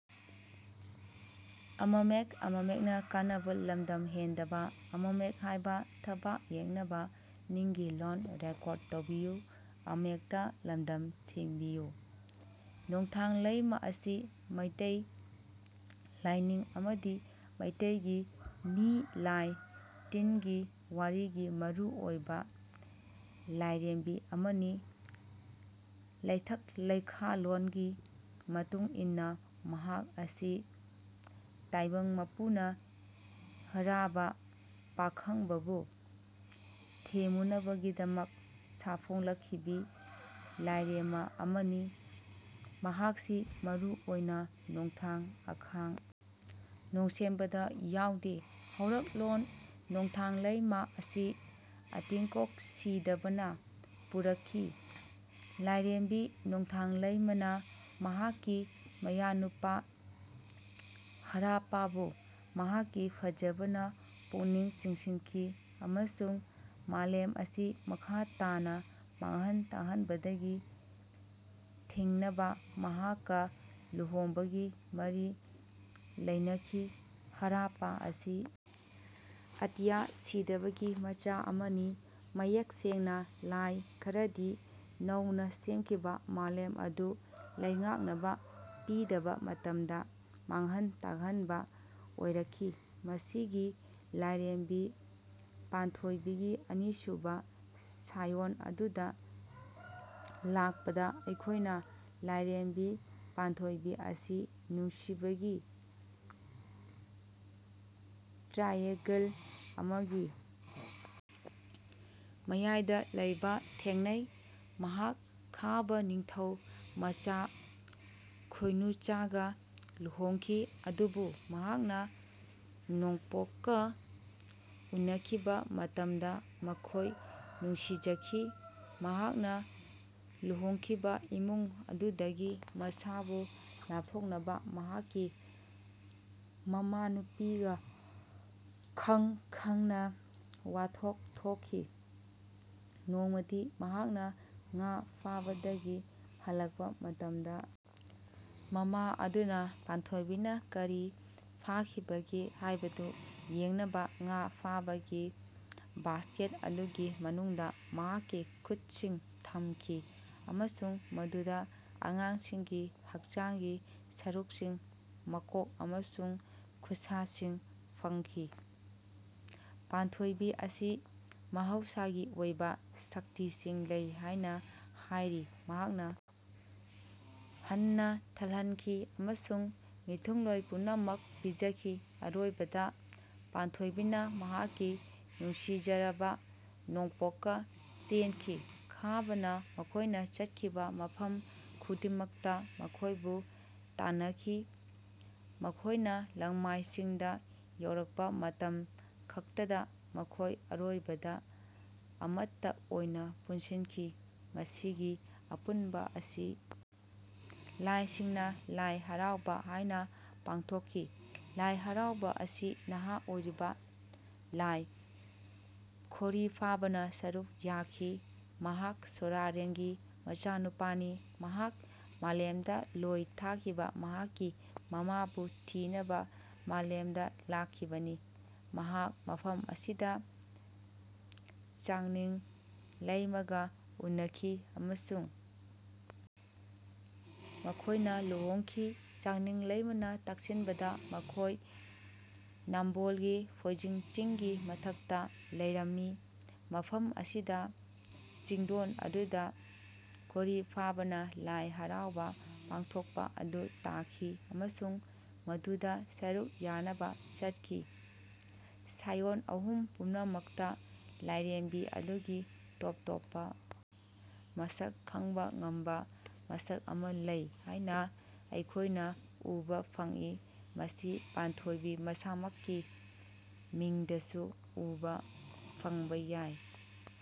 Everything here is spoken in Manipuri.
ꯅꯣꯡꯊꯥꯡ ꯂꯩꯃ ꯑꯁꯤ ꯃꯩꯇꯩ ꯂꯥꯢꯅꯤꯡ ꯑꯃꯗꯤ ꯃꯩꯇꯩꯒꯤ ꯃꯤ ꯂꯥꯢ ꯇꯤꯟꯒꯤ ꯋꯥꯔꯤꯒꯤ ꯃꯔꯨ ꯑꯣꯢꯕ ꯂꯥꯢꯔꯦꯝꯕꯤ ꯑꯃꯅꯤ꯫ ꯂꯩꯊꯛ ꯂꯩꯈꯥꯂꯣꯜꯒꯤ ꯃꯇꯨꯡꯏꯟꯅ ꯃꯍꯥꯛ ꯑꯁꯤ ꯇꯥꯢꯕꯪ ꯃꯄꯨꯅ ꯍꯔꯥꯕ ꯄꯥꯈꯪꯕꯕꯨ ꯊꯦꯝꯃꯨꯅꯕꯒꯤꯗꯃꯛ ꯁꯥꯐꯣꯡꯍꯟꯈꯤꯕꯤ ꯂꯥꯢꯔꯦꯝꯃ ꯑꯃꯅꯤ꯫ ꯃꯍꯥꯛꯁꯤ ꯃꯔꯨ ꯑꯣꯢꯅ ꯅꯣꯡꯊꯥꯡ ꯑꯈꯥꯛ ꯅꯣꯡꯁꯦꯝꯕꯗ ꯌꯥꯎꯗꯦ꯫ ꯍꯧꯔꯛꯂꯣꯟ ꯅꯣꯡꯊꯥꯡ ꯂꯩꯃ ꯑꯁꯤ ꯑꯇꯤꯡꯀꯣꯛ ꯁꯤꯗꯕꯅ ꯄꯨꯔꯛꯈꯤ꯫ ꯂꯥꯏꯔꯦꯝꯕꯤ ꯅꯣꯡꯊꯥꯡ ꯂꯩꯃꯥꯅ ꯃꯍꯥꯛꯀꯤ ꯃꯌꯥꯅꯨꯄꯥ ꯍꯔꯥꯄꯥꯕꯨ ꯃꯍꯥꯛꯀꯤ ꯐꯖꯕꯅ ꯄꯨꯛꯅꯤꯡ ꯆꯤꯡꯁꯤꯟꯈꯤ ꯑꯃꯁꯨꯡ ꯃꯥꯂꯦꯝ ꯑꯁꯤ ꯃꯈꯥ ꯇꯥꯅ ꯃꯥꯡꯍꯟ ꯇꯥꯛꯍꯟꯕꯗꯒꯤ ꯊꯤꯡꯅꯕ ꯃꯍꯥꯛꯀ ꯂꯨꯍꯣꯡꯕꯒꯤ ꯃꯔꯤ ꯂꯩꯅꯈꯤ꯫ ꯍꯔꯥꯄꯥ ꯑꯁꯤ ꯑꯇꯤꯌꯥ ꯁꯤꯗꯥꯕꯥꯒꯤ ꯃꯆꯥ ꯑꯃꯅꯤ꯫ ꯃꯌꯦꯛ ꯁꯦꯡꯅ ꯂꯥꯏ ꯈꯔꯗꯤ ꯅꯧꯅ ꯁꯦꯝꯈꯤꯕ ꯃꯥꯂꯦꯝ ꯑꯗꯨ ꯂꯩꯉꯥꯛꯅꯕ ꯄꯤꯗꯕ ꯃꯇꯝꯗ ꯃꯥꯡꯍꯟ ꯇꯥꯛꯍꯟꯕ ꯑꯣꯏꯔꯛꯈꯤ꯫ ꯃꯁꯤꯒꯤ ꯂꯥꯏꯔꯦꯝꯕꯤ ꯄꯥꯟꯊꯣꯏꯕꯤ ꯒꯤ ꯑꯅꯤꯁꯨꯕ ꯁꯥꯏꯑꯣꯟ ꯑꯗꯨꯗ ꯂꯥꯛꯄꯗ ꯑꯩꯈꯣꯏꯅ ꯂꯥꯏꯔꯦꯝꯕꯤ ꯄꯥꯟꯊꯣꯏꯕꯤ ꯑꯁꯤ ꯅꯨꯡꯁꯤꯕꯒꯤ ꯇ꯭ꯔꯥꯏꯑꯦꯒꯜ ꯑꯃꯒꯤ ꯃꯌꯥꯏꯗ ꯂꯩꯕ ꯊꯦꯡꯅꯩ꯫ ꯃꯍꯥꯛ ꯈꯥꯕꯥ ꯅꯤꯡꯊꯧꯃꯆꯥ ꯈꯣꯏꯅꯨꯆꯥꯒ ꯂꯨꯍꯣꯡꯈꯤ꯫ ꯑꯗꯨꯕꯨ ꯃꯍꯥꯛꯅ ꯅꯣꯡꯄꯣꯛꯀ ꯎꯅꯈꯤꯕ ꯃꯇꯝꯗ ꯃꯈꯣꯏ ꯅꯨꯡꯁꯤꯖꯈꯤ꯫ ꯃꯍꯥꯛꯅ ꯂꯨꯍꯣꯡꯈꯤꯕ ꯏꯃꯨꯡ ꯑꯗꯨꯗꯒꯤ ꯃꯁꯥꯕꯨ ꯂꯥꯞꯊꯣꯛꯅꯕ ꯃꯍꯥꯛꯀꯤ ꯃꯃꯥꯅꯨꯄꯤꯒ ꯈꯪ ꯈꯪꯅ ꯋꯥꯊꯣꯛ ꯊꯣꯛꯈꯤ꯫ ꯅꯣꯡꯃꯗꯤ ꯃꯍꯥꯛꯅ ꯉꯥ ꯐꯥꯕꯗꯒꯤ ꯍꯜꯂꯛꯄ ꯃꯇꯝꯗ ꯃꯃꯥ ꯑꯗꯨꯅ ꯄꯥꯟꯊꯣꯏꯕꯤꯅ ꯀꯔꯤ ꯐꯥꯈꯤꯕꯒꯦ ꯍꯥꯏꯕꯗꯨ ꯌꯦꯡꯅꯕ ꯉꯥ ꯐꯥꯕꯒꯤ ꯕꯥꯁꯀꯦꯠ ꯑꯗꯨꯒꯤ ꯃꯅꯨꯡꯗ ꯃꯍꯥꯛꯀꯤ ꯈꯨꯠꯁꯤꯡ ꯊꯝꯈꯤ ꯑꯃꯁꯨꯡ ꯃꯗꯨꯗ ꯑꯉꯥꯡꯁꯤꯡꯒꯤ ꯍꯛꯆꯥꯡꯒꯤ ꯁꯔꯨꯛꯁꯤꯡ ꯃꯀꯣꯛ ꯑꯃꯁꯨꯡ ꯈꯨꯠꯁꯥꯁꯤꯡ ꯐꯪꯈꯤ꯫ ꯄꯥꯟꯊꯣꯏꯕꯤ ꯑꯁꯤ ꯃꯍꯧꯁꯥꯒꯤ ꯑꯣꯏꯕ ꯁꯛꯇꯤꯁꯤꯡ ꯂꯩ ꯍꯥꯏꯅ ꯍꯥꯏꯔꯤ꯫ ꯃꯍꯥꯛꯅ ꯍꯟꯅ ꯊꯜꯍꯟꯈꯤ ꯑꯃꯁꯨꯡ ꯃꯤꯊꯨꯡꯂꯣꯏ ꯄꯨꯝꯅꯃꯛ ꯄꯤꯖꯈꯤ꯫ ꯑꯔꯣꯏꯕꯗ ꯄꯥꯟꯊꯣꯏꯕꯤꯅ ꯃꯍꯥꯛꯀꯤ ꯅꯨꯡꯁꯤꯖꯔꯕ ꯅꯣꯡꯄꯣꯛꯀ ꯆꯦꯟꯈꯤ꯫ ꯈꯥꯕꯥꯅ ꯃꯈꯣꯏꯅ ꯆꯠꯈꯤꯕ ꯃꯐꯝ ꯈꯨꯗꯤꯡꯃꯛꯇ ꯃꯈꯣꯏꯕꯨ ꯇꯥꯟꯅꯈꯤ꯫ ꯃꯈꯣꯏꯅ ꯂꯥꯡꯃꯥꯏ ꯆꯤꯡꯗ ꯌꯧꯔꯛꯄ ꯃꯇꯝ ꯈꯛꯇꯗ ꯃꯈꯣꯏ ꯑꯔꯣꯏꯕꯗ ꯑꯃꯠꯇ ꯑꯣꯏꯅ ꯄꯨꯟꯁꯤꯟꯈꯤ꯫ ꯃꯁꯤꯒꯤ ꯑꯄꯨꯟꯕ ꯑꯁꯤ ꯂꯥꯏꯁꯤꯡꯅ ꯂꯥꯏ ꯍꯔꯥꯎꯕꯥ ꯍꯥꯏꯅ ꯄꯥꯡꯊꯣꯛꯈꯤ꯫ ꯂꯥꯏ ꯍꯔꯥꯎꯕꯥ ꯑꯁꯤ ꯅꯍꯥ ꯑꯣꯏꯔꯤꯕ ꯂꯥꯏ ꯈꯣꯔꯤꯐꯥꯕꯥꯅ ꯁꯔꯨꯛ ꯌꯥꯈꯤ꯫ ꯃꯍꯥꯛ ꯁꯣꯔꯥꯔꯦꯟꯒꯤ ꯃꯆꯥꯅꯨꯄꯥꯅꯤ꯫ ꯃꯍꯥꯛ ꯃꯥꯂꯦꯝꯗ ꯂꯣꯏ ꯊꯥꯈꯤꯕ ꯃꯍꯥꯛꯀꯤ ꯃꯃꯥꯕꯨ ꯊꯤꯅꯕ ꯃꯥꯂꯦꯝꯗ ꯂꯥꯛꯈꯤꯕꯅꯤ꯫ ꯃꯍꯥꯛ ꯃꯐꯝ ꯑꯁꯤꯗ ꯆꯥꯡꯅꯤꯡ ꯂꯩꯃꯥꯒ ꯎꯅꯈꯤ ꯑꯃꯁꯨꯡ ꯃꯈꯣꯏꯅ ꯂꯨꯍꯣꯡꯈꯤ꯫ ꯆꯥꯡꯅꯤꯡ ꯂꯩꯃꯥꯅ ꯇꯛꯁꯤꯟꯕꯗ ꯃꯈꯣꯏ ꯅꯥꯝꯕꯣꯜꯒꯤ ꯐꯣꯏꯖꯤꯡ ꯆꯤꯡꯒꯤ ꯃꯊꯛꯇ ꯂꯩꯔꯝꯃꯤ꯫ ꯃꯐꯝ ꯑꯁꯤꯗ ꯆꯤꯡꯗꯣꯜ ꯑꯗꯨꯗ ꯈꯣꯔꯤꯐꯥꯕꯥꯅ ꯂꯥꯏ ꯍꯔꯥꯎꯕꯥ ꯄꯥꯡꯊꯣꯛꯄ ꯑꯗꯨ ꯇꯥꯈꯤ ꯑꯃꯁꯨꯡ ꯃꯗꯨꯗ ꯁꯔꯨꯛ ꯌꯥꯅꯕ ꯆꯠꯈꯤ꯫ ꯁꯥꯏꯑꯣꯟ ꯑꯍꯨꯝ ꯄꯨꯝꯅꯃꯛꯇ ꯂꯥꯏꯔꯦꯝꯕꯤ ꯑꯗꯨꯒꯤ ꯇꯣꯞ ꯇꯣꯞꯄ ꯃꯁꯛ ꯈꯪꯕ ꯉꯝꯕ ꯃꯁꯛ ꯑꯃ ꯂꯩ ꯍꯥꯏꯅ ꯑꯩꯈꯣꯏꯅ ꯎꯕ ꯐꯪꯏ꯫ ꯃꯁꯤ ꯄꯥꯟꯊꯣꯏꯕꯤ ꯃꯁꯥꯃꯛꯀꯤ ꯃꯤꯡꯗꯁꯨ ꯎꯕ ꯐꯪꯕ ꯌꯥꯏ꯫